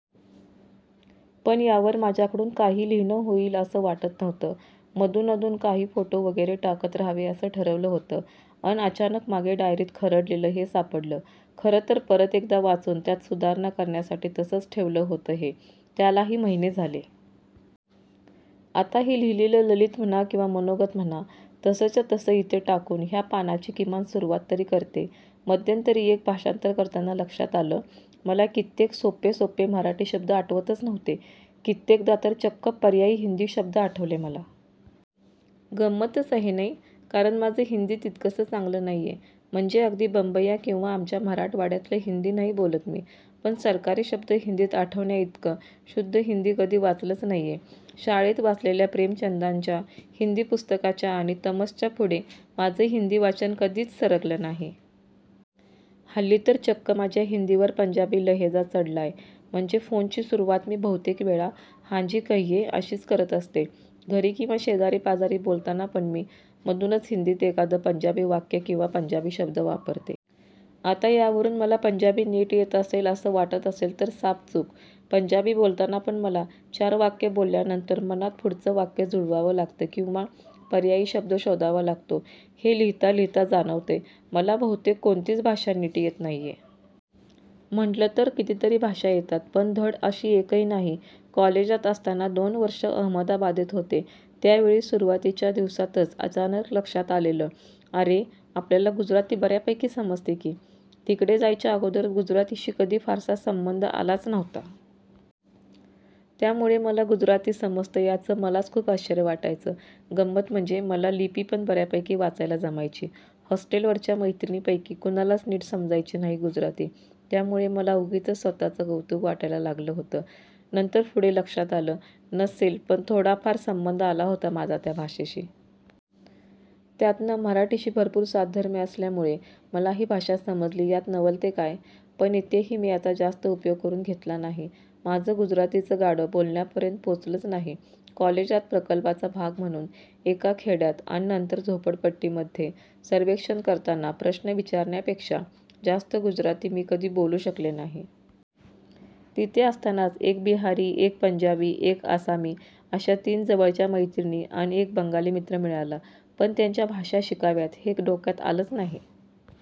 पण यावर माझ्याकडून काही लिहिणं होईल असं वाटत नव्हतं. मधून अधून काही फोटो वगैरे टाकत रहावे असं ठरवलं होतं. अन अचानक मागे डायरीत खरडलेलं हे सापडलं. खरंतर परत एकदा वाचून त्यात सुधारणा करण्यासाठी तसचं ठेवलं होतं हे, त्यालाही महिने झाले. आता हे लिहिलेलं ललित म्हणा किंवा मनोगत म्हणा तसच्या तसं इथे टाकून ह्या पानाची किमान सुरवात तरी करतेय. मध्यंतरी एक भाषांतर करताना लक्षात आलं, मला कित्येक सोप्पे-सोप्पे मराठी शब्द आठवतच नव्हते. कित्येकदा तर चक्क पर्यायी हिंदी शब्द आठवले मला. गम्मतच आहे नै? कारण माझं हिंदी तितकस चांगलं नाहीये. म्हणजे अगदी बंबय्या किंवा आमच्या मराठवाड्यातलं हिंदी नाही बोलत मी, पण सरकारी शब्द हिंदीत आठवण्याइतकं शुद्ध हिंदी कधी वाचलच नाहीये. शाळेत वाचलेल्या प्रेमचंदांच्या हिंदी पुस्तकाच्या आणि तमसच्या पुढे माझं हिंदी वाचन कधीच सरकलं नाही. हल्ली तर चक्क माझ्या हिंदीवर पंजाबी लहेजा चढलाय. म्हणजे फोनची सुरवात मी बहुतेकवेळा हांजी कहिये अशीच करत असते. घरी किंवा शेजारी पाजारी बोलताना पण मी मधूनच हिंदीत एखादं पंजाबी वाक्य किंवा पंजाबी शब्द वापरते. आता यावरून मला पंजाबी नीट येत असेल असं वाटत असेल तर साफ चूक. पंजाबी बोलताना पण मला, चार वाक्य बोलल्यानंतर मनात पुढचं वाक्य जुळवावं लागत किंवा पर्यायी शब्द शोधावा लागतो. हे लिहिता लिहिता जाणवतयं, मला बहुतेक कोणतीच भाषा नीट येत नाहीये. म्हटलं तर कितीतरी भाषा येतात, पण धड अशी एकही नाही. कॉलेजात असताना दोन वर्ष अहमदाबादेत होते, त्यावेळी सुरवातीच्या दिवसातच अचानक लक्षात आलेलं, अरे आपल्याला गुजराती बर्यापैकी समजते की. तिकडे जायच्या अगोदर गुजरातीशी कधी फारसा संबंध आलाच नव्हता. त्यामूळे मला गुजराती समजतं याचं मलाच खुप आश्चर्य वाटायचं. गंमत म्हणजे मला लिपीपण बर्यापै़की वाचायला जमायची. हॉस्टेलवरच्या मैत्रिणींपैकी कुणालाच नीट समजायची नाही गुजराती. त्यामुळे मला उगिचच स्वतःचं कौतुक वाटायला लागलं होतं. नंतर पूढे लक्षात आलं, नसेल पण थोडाफार संबंध आला होता माझा त्या भाषेशी. त्यातनं मराठीशी भरपूर साधर्म्य असल्यामूळे मला ही भाषा समजली यात नवल ते काय. पण इथेही मी याचा जास्त उपयोग करुन घेतला नाही. माझं गुजरातीचं गाडं बोलण्यापर्यंत पोचलंच नाही. कॉलेजात प्रकल्पाचा भाग म्हणून एका खेड्यात अन नंतर झोपडपट्टीमध्ये सर्वेक्षण करताना प्रश्ण विचारण्यापेक्षा जास्त गुजराती मी कधी बोलू शकले नाही. तिथे असतानाच एक बिहारी, एक पंजाबी एक आसामी अश्या तिन जवळच्या मैत्रिणी अन एक बंगाली मित्र मिळाला. पण त्यांच्या भाषा शिकाव्यात हे डोक्यात आलंच नाही.